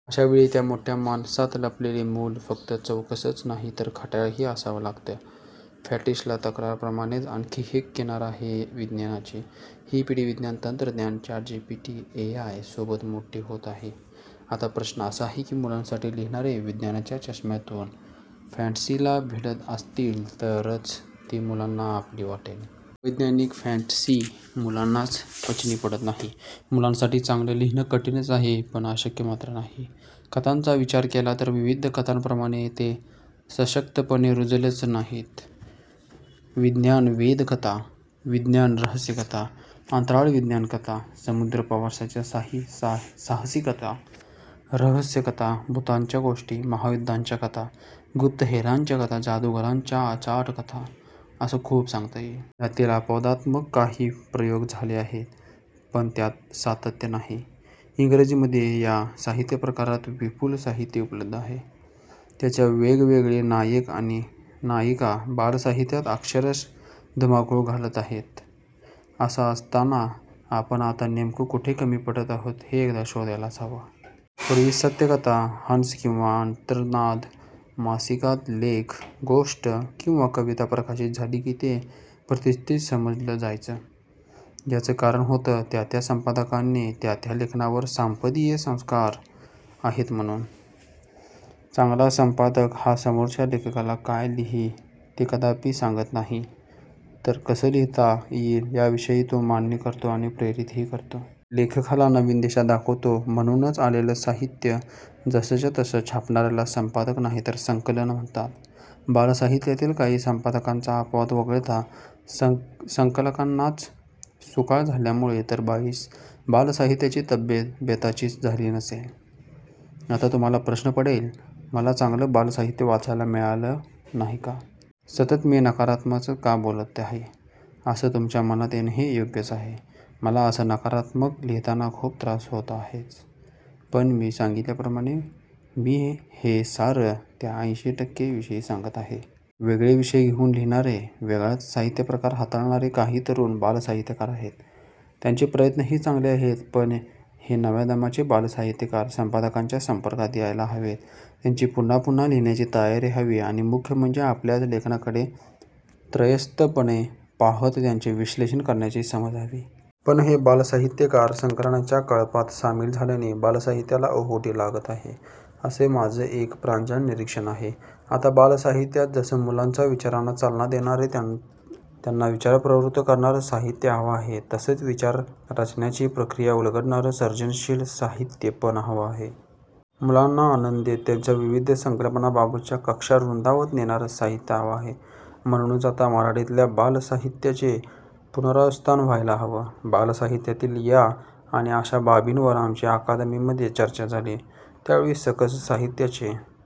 अशावेळी त्या मोठ्या माणसात लपलेलं मूल फक्त चौकसंच नाही तर खट्याळ ही असावं लागतं. फॅंटसीला तर्काप्रमाणेच आणखी एक किनार आहे विज्ञानाची. ही पिढी विज्ञान तंत्रज्ञान, चॅटजिपीटी, एआय सोबत मोठी होत आहे. आता प्रश्न असा आहे की मुलांसाठी लिहिणारे विज्ञानाच्या चष्म्यातून फॅंटसीला भिडत असतील तरच ती मुलांना आपली वाटेल. अवैज्ञानिक फॅंटसी मुलांच्या पचनी पडत नाही. मुलांसाठी चांगलं लिहिणं कठीणंच आहे पण अशक्य मात्र नाही. कथांचा विचार केला तर विविध कथाप्रकार इथे सशक्तपणे रुजलेच नाहीत. विज्ञान वेधकथा, विज्ञान रहस्यकथा, अंतराळविज्ञान कथा, समुद्रप्रवासाच्या साहसीकथा, रहस्यकथा, भुतांच्या गोष्टी, महायुध्दांच्या कथा, गुप्तहेरांच्या कथा, जादुगारांच्या अचाटकथा असं खूप सांगता येईल. यातील अपवादात्मक काही प्रयोग झाले आहेत पण त्यात सातत्य नाही. इंग्रजीमधे या साहित्यप्रकारात विपूल साहित्य उपलब्ध आहे. त्यांच्या वेगवेगळे नायक आणि नायिका बालसाहित्यात अक्षरश धुमाकूळ घालत आहेत. असं असताना आपण आत्ता नेमकं कुठे कमी पडत आहोत हे एकदा शोधायलाच हवं. पूर्वी सत्यकथा, हंस किंवा अंतर्नाद मासिकात लेख, गोष्ट किंवा कविता प्रकाशित झाली की ते प्रतिष्टीत समजलं जायचं. याचं कारण होतं त्या-त्या संपादकानी त्या-त्या लेखनावर संपादकीय संस्कार केलेले आहेत म्हणून. चांगला संपादक हा समोरच्या लेखकाला काय लिही ते कदापी सांगत नाही, तर कसं लिहिता येईल याविषयी तो मांडणी करतो आणि प्रेरित ही करतो. लेखकाला नवीन दिशा दाखवतो. म्हणूनच आलेलं साहित्य जसंच्या तसं छापणार्याला संपादक नाहीतर संकलक म्हणतात. बालसाहित्यातील काही संपादकांचा अपवाद वगळता संकलकांचाच सुकाळ झाल्यामुळे तर बालसाहित्याची तब्येत बेताचीच झाली नसेल? आता तुम्हाला प्रश्न पडेल, मला चांगलं बालसाहित्य वाचायलाच मिळालं नाही का? सतत मी नकारात्मकच का बोलत आहे? असं तुमच्या मनात येणं हे योग्यच आहे. मला असं नकारात्मक लिहिताना खूप त्रास होतो आहेच. पण मी वर सांगितल्याप्रमाणे मी हे सारं त्या ऐंशी टक्कें विषयी सांगत आहे. वेगळे विषय घेऊन लिहिणारे, वेगळाच साहित्यप्रकार हाताळणारे काही तरुण बालसाहित्यकार आहेत. त्यांचे प्रयत्न ही चांगले आहेत. पण हे नव्या दमाचे बालसाहित्यकार संपादकांच्या संपर्कात यायला हवेत त्यांची पुन्हा पुन्हा लिहिण्याची तयारी हवी आणि मुख्य म्हणजे आपल्याच लेखनाकडे त्रयस्थपणे पाहात त्याचं विश्लेषण करण्याची समज हवी. पण हे बालसाहित्यकार संकलकांच्या कळपात सामील झाल्याने बालसाहित्याला ओहोटी लागते आहे असं माझं एक प्रांजळ निरीक्षण आहे. आता बालसाहित्यात जसं मुलांच्या विचारांना चालना देणारं त्यांना विचार प्रवृत्त करणारं साहित्य हवं आहे तसंच विचार रचण्याची प्रक्रिया उलगडणारं सर्जनशील साहित्य पण हवं आहे. मुलांना आनंद देत त्यांच्या विविध संकल्पनांबाबतच्या कक्षा रुंदावत नेणारं साहित्य हवं आहे. म्हणूनच आता मराठीतल्या बालसाहित्याचे पुनरुत्थान व्हायला हवं. बालसाहित्यातील या आणि अशा बाबींवर आमची अकादमीमधे चर्चा झाली. त्यावेळी सकस साहित्याचे